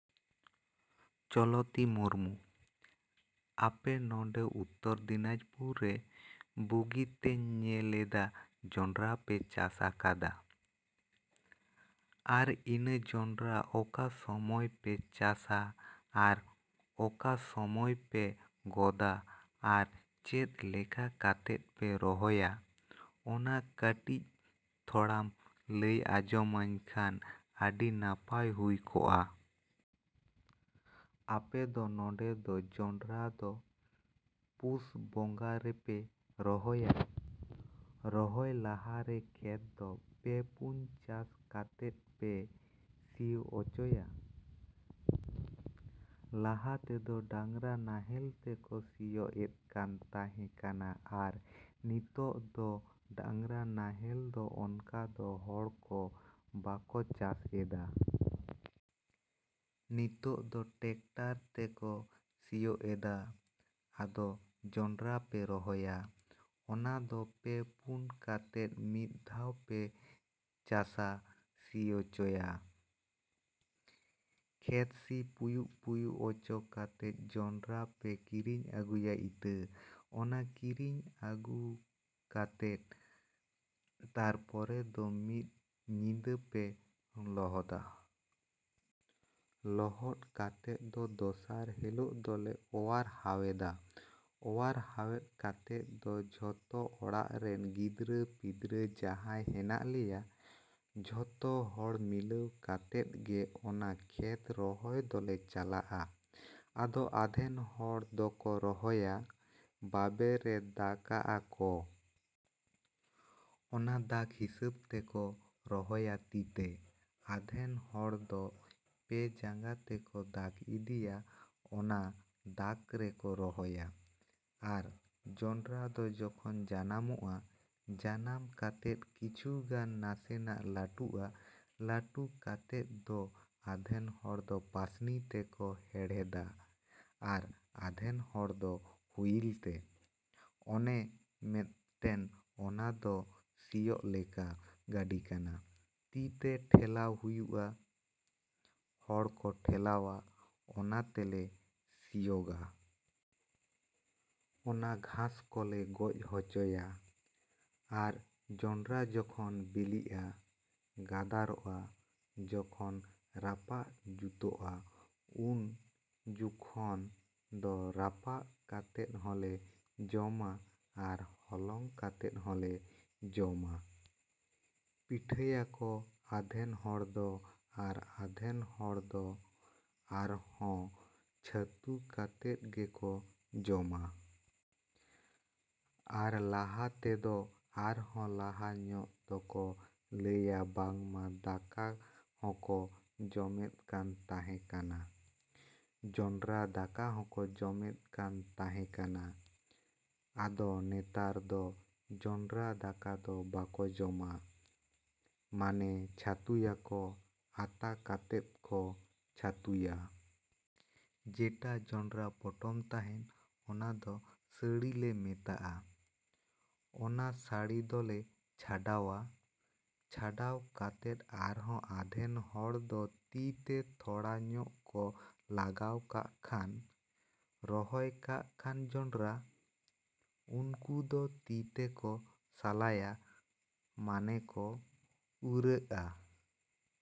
ᱪᱚᱞᱚᱛᱤ ᱢᱩᱨᱢᱩ, ᱟᱯᱮ ᱱᱚᱰᱮ ᱩᱛᱛᱚᱨ ᱫᱤᱱᱟᱡᱯᱩᱨ ᱨᱮ ᱵᱩᱜᱤ ᱛᱮᱧ ᱧᱮᱞ ᱮᱫᱟ ᱡᱚᱸᱰᱨᱟ ᱯᱮ ᱪᱟᱥ ᱟᱠᱟᱫᱟ᱾ ᱟᱨ ᱱᱤᱭᱟᱹ ᱡᱚᱸᱰᱨᱟ ᱚᱠᱟ ᱥᱚᱢᱚᱭ ᱯᱮ ᱪᱟᱥᱟ ᱟᱨ ᱚᱠᱟ ᱥᱚᱢᱚᱭ ᱯᱮ ᱜᱚᱫᱟ ᱟᱨ ᱪᱮᱫ ᱞᱮᱠᱟ ᱠᱟᱛᱮᱫ ᱯᱮ ᱨᱚᱦᱚᱭᱟ, ᱚᱱᱟ ᱠᱟᱹᱴᱤᱡ ᱛᱷᱚᱲᱟᱢ ᱞᱟᱹᱭ ᱟᱡᱚᱢᱟᱹᱧ ᱠᱷᱟᱱ ᱟᱹᱰᱤ ᱱᱟᱯᱟᱭ ᱦᱩᱭ ᱠᱚᱜᱼᱟ᱾ ᱟᱯᱮ ᱫᱚ ᱱᱚᱰᱮ ᱫᱚ ᱡᱚᱸᱰᱨᱟ ᱫᱚ ᱯᱩᱥ ᱵᱚᱸᱜᱟ ᱨᱮᱞᱮ ᱨᱚᱦᱚᱭᱟ᱾ ᱨᱚᱦᱚᱭ ᱞᱟᱦᱟ ᱨᱮ ᱠᱷᱮᱛ ᱫᱚ ᱯᱮ ᱯᱩᱱ ᱪᱟᱥ ᱠᱟᱛᱮᱫ ᱞᱮ ᱥᱤ ᱚᱪᱚᱭᱟ᱾ ᱞᱟᱦᱟ ᱛᱮᱫᱚ ᱰᱟᱝᱨᱟ ᱱᱟᱦᱮᱞ ᱛᱮᱠᱚ ᱥᱤᱭᱚᱜ ᱮᱫ ᱠᱟᱱ ᱛᱟᱦᱮᱸ ᱠᱟᱱᱟ ᱟᱨ ᱱᱤᱛᱚᱜ ᱫᱚ ᱰᱟᱝᱨᱟ ᱱᱟᱦᱮᱞ ᱫᱚ ᱚᱱᱠᱟ ᱫᱚ ᱦᱚᱲ ᱠᱚ ᱵᱟᱠᱚ ᱪᱟᱥ ᱮᱫᱟ᱾ ᱱᱤᱛᱚᱜ ᱫᱚ ᱴᱮᱠᱴᱟᱨ ᱛᱮᱠᱚ ᱥᱤᱭᱚᱜ ᱮᱫᱟ᱾ ᱟᱫᱚ ᱡᱚᱸᱰᱨᱟ ᱞᱮ ᱨᱚᱦᱚᱭᱟ, ᱚᱱᱟ ᱫᱚ ᱯᱮ ᱯᱩᱱ ᱠᱟᱛᱮᱫ ᱢᱤᱫ ᱫᱷᱟᱣ ᱞᱮ ᱪᱟᱥᱟ, ᱥᱤ ᱚᱪᱚᱭᱟ᱾ ᱠᱷᱮᱛ ᱥᱤ ᱞᱩᱯᱩᱜ ᱞᱩᱯᱩᱜ ᱚᱪᱚ ᱠᱟᱛᱮᱫ ᱡᱚᱸᱰᱨᱟ ᱞᱮ ᱠᱤᱨᱤᱧ ᱟᱹᱜᱩᱭᱟ ᱤᱛᱟᱹ᱾ ᱚᱱᱟ ᱠᱤᱨᱤᱧ ᱟᱹᱜᱩ ᱠᱟᱛᱮᱫ ᱛᱟᱨᱯᱚᱨᱮ ᱫᱚ ᱢᱤᱫ ᱧᱤᱫᱟᱹ ᱞᱮ ᱞᱚᱦᱚᱫᱟ᱾ ᱞᱚᱦᱚᱫ ᱠᱟᱛᱮᱫ ᱫᱚ ᱫᱚᱥᱟᱨ ᱦᱤᱞᱳᱜ ᱫᱚᱞᱮ ᱚᱣᱟᱨ ᱦᱟᱭᱮᱫᱟ᱾ ᱚᱣᱟᱨ ᱦᱟᱭᱮᱫ ᱠᱟᱛᱮᱫ ᱫᱚ ᱡᱚᱛᱚ ᱚᱲᱟᱜ ᱨᱮᱱ ᱜᱤᱫᱽᱨᱟᱹ ᱯᱤᱫᱽᱨᱟᱹ ᱡᱟᱦᱟᱸᱭ ᱦᱮᱱᱟᱜ ᱞᱮᱭᱟ, ᱡᱚᱛᱚ ᱦᱚᱲ ᱢᱤᱞᱟᱹᱣ ᱠᱟᱛᱮᱫ ᱜᱮ ᱚᱱᱟ ᱠᱷᱮᱛ ᱨᱚᱦᱚᱭ ᱫᱚᱞᱮ ᱪᱟᱞᱟᱜᱼᱟ᱾ ᱟᱫᱚ ᱟᱫᱷᱮᱱ ᱦᱚᱲ ᱫᱚᱠᱚ ᱨᱚᱦᱚᱭᱟ, ᱵᱟᱵᱮᱨ ᱨᱮ ᱫᱟᱜᱽ ᱟᱜᱼᱟ ᱠᱚ᱾ ᱚᱱᱟ ᱫᱟᱜᱽ ᱦᱤᱥᱟᱹᱵᱽ ᱛᱮᱠᱚ ᱨᱚᱦᱚᱭᱟ ᱛᱤ ᱛᱮ᱾ ᱟᱫᱷᱮᱱ ᱦᱚᱲ ᱫᱚ ᱯᱮ ᱡᱟᱸᱜᱟ ᱛᱮᱠᱚ ᱫᱟᱜᱽ ᱤᱫᱤᱭᱟ, ᱚᱱᱟ ᱫᱟᱜᱽ ᱨᱮᱠᱚ ᱨᱚᱦᱚᱭᱟ᱾ ᱟᱨ ᱡᱚᱸᱰᱨᱟ ᱫᱚ ᱡᱚᱠᱷᱚᱱ ᱡᱟᱱᱟᱢᱚᱜᱼᱟ, ᱡᱟᱱᱟᱢ ᱠᱟᱛᱮᱫ ᱠᱤᱪᱷᱩ ᱜᱟᱱ ᱱᱟᱥᱮᱭᱟᱜ ᱞᱟᱹᱴᱩᱜᱼᱟ᱾ ᱞᱟᱹᱴᱩ ᱠᱟᱛᱮᱫ ᱫᱚ ᱟᱫᱷᱮᱱ ᱦᱚᱲ ᱫᱚ ᱯᱟᱹᱥᱱᱤ ᱛᱮᱠᱚ ᱦᱮᱲᱦᱮᱫᱟ ᱟᱨ ᱟᱫᱷᱮᱱ ᱦᱚᱲ ᱫᱚ ᱦᱩᱭᱤᱞ ᱛᱮ, ᱚᱱᱮ ᱢᱚᱫᱴᱮᱱ ᱚᱱᱟ ᱫᱚ ᱥᱤᱭᱚᱜ ᱞᱮᱠᱟ ᱜᱟᱹᱰᱤ ᱠᱟᱱᱟ, ᱛᱤ ᱛᱮ ᱴᱷᱮᱞᱟᱣ ᱦᱩᱭᱩᱜᱼᱟ, ᱦᱚᱲ ᱠᱚ ᱴᱷᱮᱞᱟᱣᱟ, ᱚᱱᱟ ᱛᱮᱞᱮ ᱥᱤᱭᱚᱜᱟ᱾ ᱚᱱᱟ ᱜᱷᱟᱥ ᱠᱚᱞᱮ ᱜᱚᱡ ᱦᱚᱪᱚᱭᱟ᱾ ᱟᱨ ᱡᱚᱸᱰᱨᱟ ᱡᱚᱠᱷᱚᱱ ᱵᱤᱞᱤᱜᱼᱟ, ᱜᱟᱫᱟᱨᱚᱜᱼᱟ, ᱡᱚᱠᱷᱚᱱ ᱨᱟᱯᱟᱜ ᱡᱩᱛᱩᱜᱼᱟ, ᱩᱱ ᱡᱩᱠᱷᱚᱱ ᱫᱚ ᱨᱟᱯᱟᱜ ᱠᱟᱛᱮᱫ ᱦᱚᱸᱞᱮ ᱡᱚᱢᱟ ᱟᱨ ᱦᱚᱞᱚᱝ ᱠᱟᱛᱮᱫ ᱦᱚᱸᱞᱮ ᱡᱚᱢᱟ᱾ ᱯᱤᱴᱷᱟᱹᱭᱟ ᱠᱚ ᱟᱫᱷᱮᱱ ᱦᱚᱲ ᱫᱚ ᱟᱨ ᱟᱫᱷᱮᱱ ᱦᱚᱲ ᱫᱚ ᱟᱨᱦᱚᱸ ᱪᱷᱟᱹᱛᱩ ᱠᱟᱛᱮᱫ ᱜᱮᱠᱚ ᱡᱚᱢᱟ᱾ ᱟᱨ ᱞᱟᱦᱟ ᱛᱮᱫᱚ ᱟᱨᱦᱚᱸ ᱞᱟᱦᱟ ᱧᱚᱜ ᱫᱚᱠᱚ ᱞᱟᱹᱭᱟ ᱵᱟᱝᱢᱟ ᱫᱟᱠᱟ ᱦᱚᱸᱠᱚ ᱡᱚᱢᱮᱫ ᱠᱟᱱ ᱛᱟᱦᱮᱸ ᱠᱟᱱᱟ, ᱡᱚᱸᱰᱨᱟ ᱫᱟᱠᱟ ᱦᱚᱸᱠᱚ ᱡᱚᱢᱮᱫ ᱠᱟᱱ ᱛᱟᱦᱮᱸ ᱠᱟᱱᱟ᱾ ᱟᱫᱚ ᱱᱮᱛᱟᱨ ᱫᱚ ᱡᱚᱸᱰᱨᱟ ᱫᱟᱠᱟ ᱫᱚ ᱵᱟᱠᱚ ᱡᱚᱢᱟ, ᱢᱟᱱᱮ ᱪᱷᱟᱹᱛᱩᱭᱟ ᱠᱚ, ᱟᱛᱟ ᱠᱟᱛᱮᱫ ᱠᱚ ᱪᱷᱟᱹᱛᱩᱭᱟ᱾ ᱡᱮᱴᱟ ᱡᱚᱸᱰᱨᱟ ᱯᱚᱴᱚᱢ ᱛᱟᱦᱮᱱ ᱚᱱᱟ ᱫᱚ ᱥᱟᱺᱲᱤ ᱞᱮ ᱢᱮᱛᱟᱜᱼᱟ᱾ ᱚᱱᱟ ᱥᱟᱺᱲᱤ ᱫᱚᱞᱮ ᱪᱷᱟᱰᱟᱣᱟ᱾ ᱪᱷᱟᱰᱟᱣ ᱠᱟᱛᱮᱫ ᱟᱨᱦᱚᱸ ᱟᱫᱷᱮᱱ ᱦᱚᱲ ᱫᱚ ᱛᱤ ᱛᱮ ᱛᱷᱚᱲᱟ ᱧᱚᱜ ᱠᱚ ᱞᱟᱜᱟᱣ ᱠᱟᱜ ᱠᱷᱟᱱ, ᱨᱚᱦᱚᱭ ᱠᱟᱜ ᱠᱷᱟᱱ ᱡᱚᱸᱰᱨᱟ, ᱩᱱᱠᱩ ᱫᱚ ᱛᱤ ᱛᱮᱠᱚ ᱥᱟᱞᱟᱭᱟ, ᱢᱟᱱᱮ ᱠᱚ ᱩᱨᱟᱹᱜᱼᱟ᱾